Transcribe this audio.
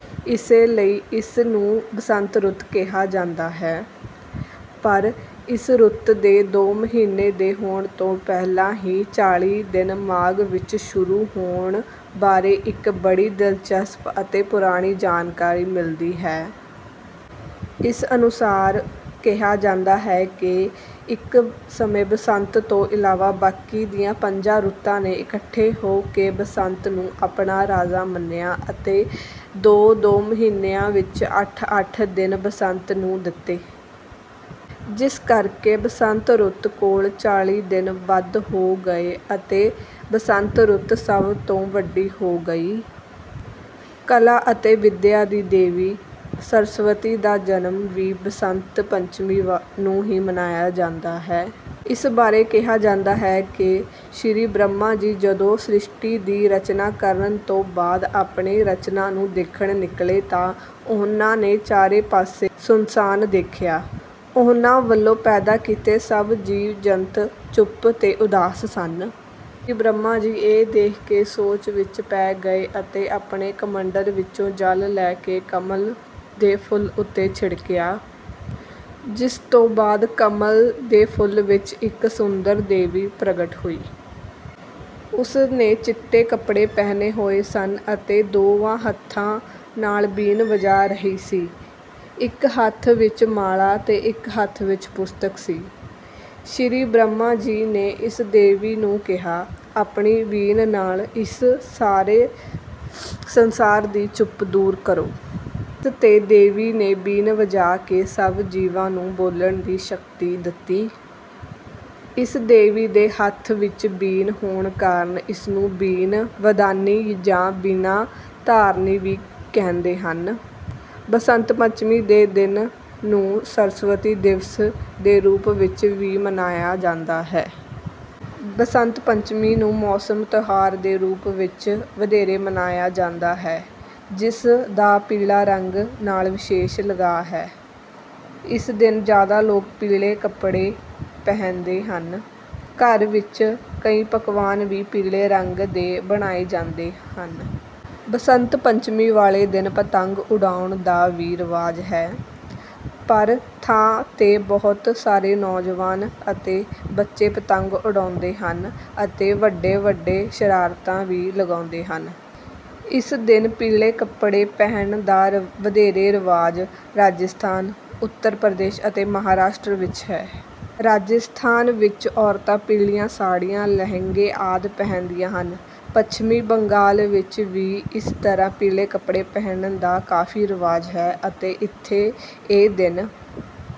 ਇਸੇ ਲਈ ਇਸ ਨੂੰ ਬਸੰਤ ਪੰਚਮੀ ਕਿਹਾ ਜਾਂਦਾ ਹੈ। ਪਰ ਇਸ ਰੁੱਤ ਦੇ-ਦੋ ਮਹੀਨੇ ਦੇ ਹੋਣ ਤੋਂ ਪਹਿਲਾਂ ਹੀ ਚਾਲੀ ਦਿਨ ਮਾਘ ਵਿੱਚ ਸ਼ੁਰੂ ਹੋਣ ਬਾਰੇ ਇੱਕ ਬੜੀ ਦਿਲਚਸਪ ਅਤੇ ਪੁਰਾਣੀ ਜਾਣਕਾਰੀ ਮਿਲਦੀ ਹੈ। ਇਸ ਅਨੁਸਾਰ ਕਿਹਾ ਜਾਂਦਾ ਹੈ ਕਿ ਇੱਕ ਸਮੇਂ ਬਸੰਤ ਤੋਂ ਇਲਾਵਾ ਬਾਕੀ ਦੀਆਂ ਪੰਜ ਰੁੱਤਾਂ ਨੇ ਇਕੱਠੇ ਹੋ ਕੇ ਬਸੰਤ ਨੂੰ ਆਪਣਾ ਰਾਜਾ ਮੰਨਿਆ ਅਤੇ ਆਪਣੇ ਦੋ ਦੋ ਮਹੀਨਿਆਂ ਵਿੱਚੋਂ ਅੱਠ-ਅੱਠ ਦਿਨ ਬਸੰਤ ਨੂੰ ਦਿੱਤੇ। ਜਿਸ ਕਰਕੇ ਬਸੰਤ ਰੁੱਤ ਕੋਲ ਚਾਲੀ ਦਿਨ ਵੱਧ ਹੋ ਗਏ ਅਤੇ ਬਸੰਤ ਰੁੱਤ ਸਭ ਤੋਂ ਵੱਡੀ ਹੋ ਗਈ। ਕਲਾ ਅਤੇ ਵਿਦਿਆ ਦੀ ਦੇਵੀ ਸਰਸਵਤੀ ਦਾ ਜਨਮ ਦਿਨ ਵੀ ਬਸੰਤ ਪੰਚਮੀ ਨੂੰ ਹੀ ਮਨਾਇਆ ਜਾਂਦਾ ਹੈ। ਇਸ ਬਾਰੇ ਕਿਹਾ ਜਾਂਦਾ ਹੈ ਕਿ ਸ੍ਰੀ ਬ੍ਰਹਮਾ ਜੀ ਜਦੋਂ ਸ਼੍ਰਿਸ਼ਟੀ ਦੀ ਰਚਨਾ ਕਰਨ ਤੋਂ ਬਾਅਦ ਆਪਣੀ ਰਚਨਾ ਨੂੰ ਦੇਖਣ ਨਿਕਲੇ ਤਾਂ ਉਨ੍ਹਾਂ ਨੇ ਚਾਰੇ ਪਾਸੇ ਸੁੰਨਸਾਨ ਦੇਖਿਆ। ਉਨ੍ਹਾਂ ਵੱਲੋਂ ਪੈਦਾ ਕੀਤੇ ਸਭ ਜੀਵ ਜੰਤੂ ਚੁੱਪ ਅਤੇ ਉਦਾਸ ਸਨ। ਸ੍ਰੀ ਬ੍ਰਹਮਾ ਜੀ ਇਹ ਦੇਖ ਕੇ ਸੋਚ ਵਿੱਚ ਪੈ ਗਏ ਅਤੇ ਆਪਣੇ ਕਮੰਡਲ ਵਿੱਚੋਂ ਜਲ ਲੈ ਕੇ ਕਮਲ ਦੇ ਫੁੱਲ ਤੇ ਛਿੜਕਿਆ। ਜਿਸ ਤੋਂ ਬਾਅਦ ਕਮਲ ਦੇ ਫੁੱਲ ਵਿੱਚੋਂ ਇੱਕ ਸੁੰਦਰ ਦੇਵੀ ਪ੍ਰਗਟ ਹੋਈ। ਉਸ ਨੇ ਚਿੱਟੇ ਕੱਪੜੇ ਪਹਿਨੇ ਹੋਏ ਸਨ ਅਤੇ ਦੋ ਹੱਥਾਂ ਨਾਲ ਬੀਨ ਵਜਾ ਰਹੀ ਸੀ ਇੱਕ ਹੱਥ ਵਿੱਚ ਮਾਲਾ ਅਤੇ ਇੱਕ ਹੱਥ ਵਿੱਚ ਪੁਸਤਕ ਸੀ। ਸ੍ਰੀ ਬ੍ਰਹਮਾ ਜੀ ਨੇ ਇਸ ਦੇਵੀ ਨੂੰ ਕਿਹਾ ਕਿ ਆਪਣੀ ਵੀਣਾ ਨਾਲ ਇਸ ਸੰਸਾਰ ਦੀ ਚੁੱਪ ਦੂਰ ਕਰੋ। ਇਸ ਤੇ ਦੇਵੀ ਨੇ ਬੀਨ ਵਜਾ ਕੇ ਸਭ ਜੀਵਾਂ ਨੂੰ ਬੋਲਣ ਦੀ ਸ਼ਕਤੀ ਦਿੱਤੀ। ਇਸ ਦੇਵੀ ਦੇ ਹੱਥ ਵਿੱਚ ਬੀਨ ਹੋਣ ਕਾਰਨ ਇਸ ਨੂੰ ਬੀਨ ਵਾਦਿਨੀ ਜਾਂ ਬੀਣਾ ਧਾਰਨੀ ਵੀ ਕਹਿੰਦੇ ਹਨ। ਬਸੰਤ ਪੰਚਮੀ ਦੇ ਦਿਨ ਨੂੰ ਸਰਸਵਤੀ ਦਿਵਸ ਦੇ ਰੂਪ ਵਿੱਚ ਵੀ ਮਨਾਇਆ ਜਾਂਦਾ ਹੈ। ਬਸੰਤ ਪੰਚਮੀ ਨੂੰ ਮੌਸਮੀ ਤਿਉਹਾਰ ਦੇ ਰੂਪ ਵਿੱਚ ਵਧੇਰੇ ਮਨਾਇਆ ਜਾਂਦਾ ਹੈ ਜਿਸ ਦਾ ਪੀਲੇ ਰੰਗ ਨਾਲ ਵਿਸ਼ੇਸ਼ ਲਗਾਅ ਹੈ। ਇਸ ਦਿਨ ਜ਼ਿਆਦਾ ਲੋਕ ਪੀਲੇ ਰੰਗ ਦੇ ਕੱਪੜੇ ਪਹਿਨਦੇ ਹਨ। ਘਰ ਵਿੱਚ ਕਈ ਪਕਵਾਨ ਵੀ ਪੀਲੇ ਰੰਗ ਦੇ ਬਣਾਏ ਜਾਂਦੇ ਹਨ। ਬਸੰਤ ਪੰਚਮੀ ਵਾਲੇ ਦਿਨ ਪਤੰਗ ਉਡਾਉਣ ਦਾ ਵੀ ਰਿਵਾਜ ਹੈ। ਹਰ ਥਾਂ ਤੇ ਬਹੁਤ ਸਾਰੇ ਨੌਜਵਾਨ ਅਤੇ ਬੱਚੇ ਪਤੰਗ ਉਡਾਉਂਦੇ ਹਨ ਅਤੇ ਵੱਡੀਆਂ ਵੱਡੀਆਂ ਸ਼ਰਤਾਂ ਵੀ ਲਗਾਉਂਦੇ ਹਨ। ਇਸ ਦਿਨ ਪੀਲੇ ਕੱਪੜੇ ਪਹਿਨਣ ਦਾ ਵਧੇਰੇ ਰਿਵਾਜ ਰਾਜਸਥਾਨ ਉੱਤਰ ਪ੍ਰਦੇਸ਼ ਅਤੇ ਮਹਾਰਾਸ਼ਟਰ ਵਿੱਚ ਹੈ। ਰਾਜਸਥਾਨ ਵਿੱਚ ਔਰਤਾਂ ਪੀਲੀਆਂ ਸਾੜ੍ਹੀਆਂ ਲਹਿੰਗੇ ਆਦਿ ਪਹਿਨਦੀਆਂ ਹਨ। ਪੱਛਮੀ ਬੰਗਾਲ ਵਿੱਚ ਵੀ ਇਸ ਦਿਨ ਪੀਲੇ ਕੱਪੜੇ ਪਹਿਨਣ ਦਾ ਕਾਫੀ ਰਿਵਾਜ ਹੈ ਅਤੇ ਇੱਥੇ ਇਹ ਦਿਨ